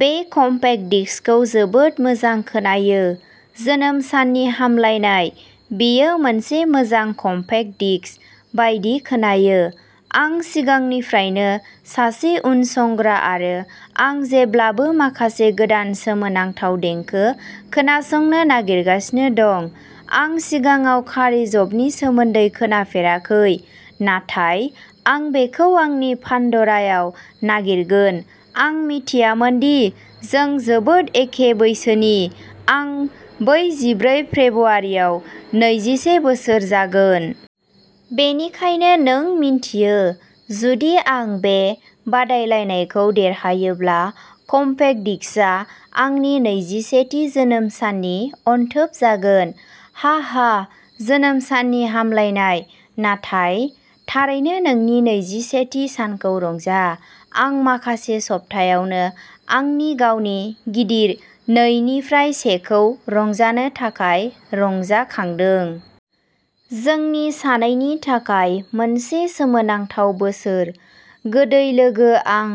बे कमपेक्ट डिस्कखौ जोबोद मोजां खोनायो। जोनोम साननि हामलायनाय, बेयो मोनसे मोजां कमपेक्ट डिस्क बायदि खोनायो। आं सिगांनिफ्रायनो सासे उनसंग्रा आरो आं जेब्लाबो माखासे गोदान सोमोनांथाव देंखो खोनासंनो नागिरगासिनो दं। आं सिगाङाव कारि जबनि सोमोन्दै खोनाफेराखै, नाथाय आं बेखौ आंनि पान्ड'रायाव नागिरगोन, आं मिथियामोन दि जों जोबोद एखे बैसोनि, आं बैजिब्रै फेब्रुवारियाव नैजिसे बोसोर जागोन। बेनिखायनो नों मिन्थियो, जुदि आं बे बादायलायनायखौ देरहायोब्ला कमपेक्ट डिस्कआ आंनि नैजिसेथि जोनोम साननि अनथोब जागोन। हाहा जोनोम साननि हामलायनाय नाथाय, थारैनो नोंनि नैजिसेथि सानखौ रंजा। आं माखासे सप्तायावनो आंनि गावनि गिदिर नै निफ्राय से खौ रंजानो थाखाय रंजाखांदों। जोंनि सानैनि थाखाय मोनसे सोमोनांथाव बोसोर, गोदै लोगो आं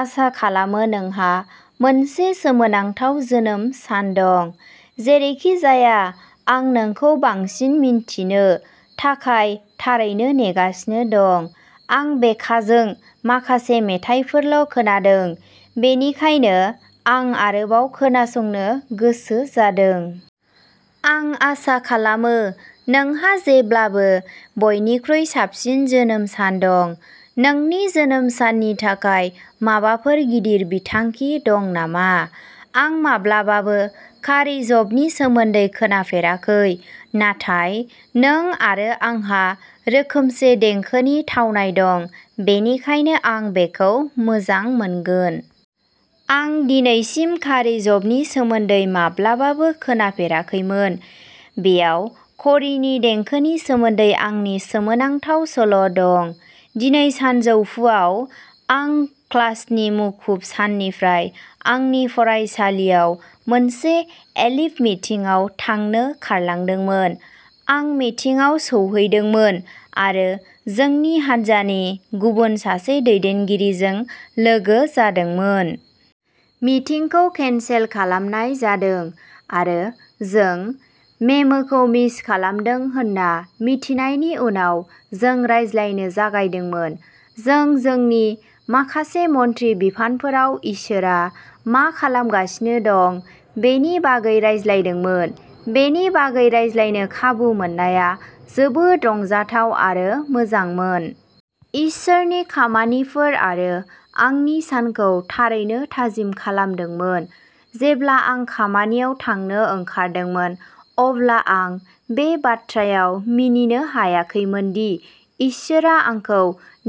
आसा खालामो नोंहा मोनसे सोमोनांथाव जोनोम सान दं। जेरैखिजाया, आं नोंखौ बांसिन मिन्थिनो थाखाय थारैनो नेगासिनो दं। आं बेकाजों माखासे मेथाइफोरल' खोनादों, बेनिखायनो आं आरोबाव खोनासंनो गोसो जादों। आं आसा खालामो नोंहा जेब्लाबो बयनिख्रुइ साबसिन जोनोम सान दं, नोंनि जोनोम साननि थाखाय माबाफोर गिदिर बिथांखि दं नामा? आं माब्लाबाबो कारी ज'बिनि सोमोन्दै खोनाफेराखै, नाथाय नों आरो आंहा रोखोमसे देंखोनि थावनाय दं, बेनिखायनो आं बेखौ मोजां मोनगोन। आं दिनैसिम कारी ज'बिनि सोमोन्दै माब्लाबाबो खोनाफेराखैमोन। बेयाव करीनि देंखोनि सोमोन्दै आंनि सोमोनांथाव सल'दं। दिनै सानजौफुआव, आं क्लासनि मुखुब साननिफ्राय आंनि फरायसालियाव मोनसे एलिफ मिटिंआव थांनो खारलांदोंमोन। आं मिटिंआव सौहैदोंमोन आरो जोंनि हान्जानि गुबुन सासे दैदेनगिरिजों लोगो जादोंमोन। मिटिंखौ केनसेल खालामनाय जादों आरो जों मेमोखौ मिस खालामदों होन्ना मिथिनायनि उनाव जों रायज्लायनो जागायदोंमोन। जों जोंनि माखासे मन्थ्रि बिफानफोराव इसोरआ मा खालामगासिनो दं बेनि बागै रायज्लायदोंमोन। बेनि बागै रायज्लायनो खाबु मोननाया जोबोद रंजाथाव आरो मोजांमोन। इसोरनि खामानिफोर आरो आंनि सानखौ थारैनो थाजिम खालामदोंमोन। जेब्ला आं खामानियाव थांनो ओंखारदोंमोन, अब्ला आं बे बाथ्रायाव मिनिनो हायाखैमोन दि इसोरआ आंखौ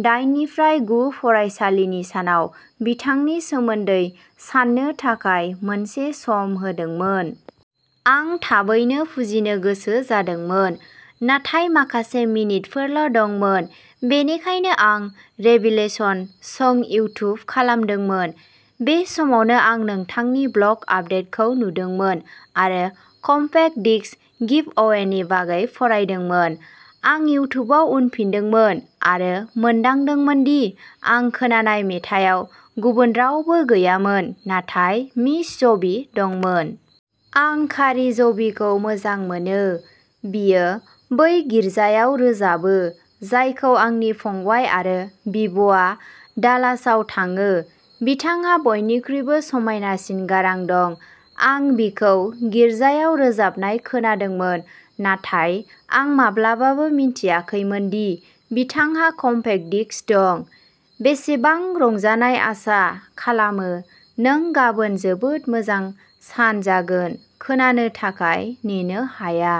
दाइननिफ्राय गु फरायसालिनि सानाव बिथांनि सोमोन्दै साननो थाखाय मोनसे सम होदोंमोन। आं थाबैनो फुजिनो गोसो जादोंमोन, नाथाय माखासे मिनितफोरल' दंमोन, बेनिखायनो आं "रेभिलेशन सं" इउट्युब खालामदोंमोन। बे समावनो आं नोंथांनि ब्लग आपदेटखौ नुदोंमोन आरो कमपेक्ट डिस्क गिवअवेनि बागै फरायदोंमोन। आं इउट्युबआव उनफिनदोंमोन आरो मोनदांदोंमोन दि आं खोनानाय मेथाइयाव गुबुन रावबो गैयामोन नाथाय मिस ज'बि दंमोन। आं कारी ज'बिखौ मोजां मोनो। बियो बै गिर्जायाव रोजाबो जायखौ आंनि फंबाय आरो बिब'आ डालासआव थाङो, बिथांहा बयनिख्रुइबो समायनासिन गारां दं। आं बिखौ गिर्जायाव रोजाबनाय खोनादोंमोन नाथाय आं माब्लाबाबो मिन्थियाखैमोन दि बिथांहा कमपेक्ट डिस्क दं, बेसेबां रंजानाय आसा खालामो नों गाबोन जोबोद मोजां सान जागोन खोनानो थाखाय नेनो हाया।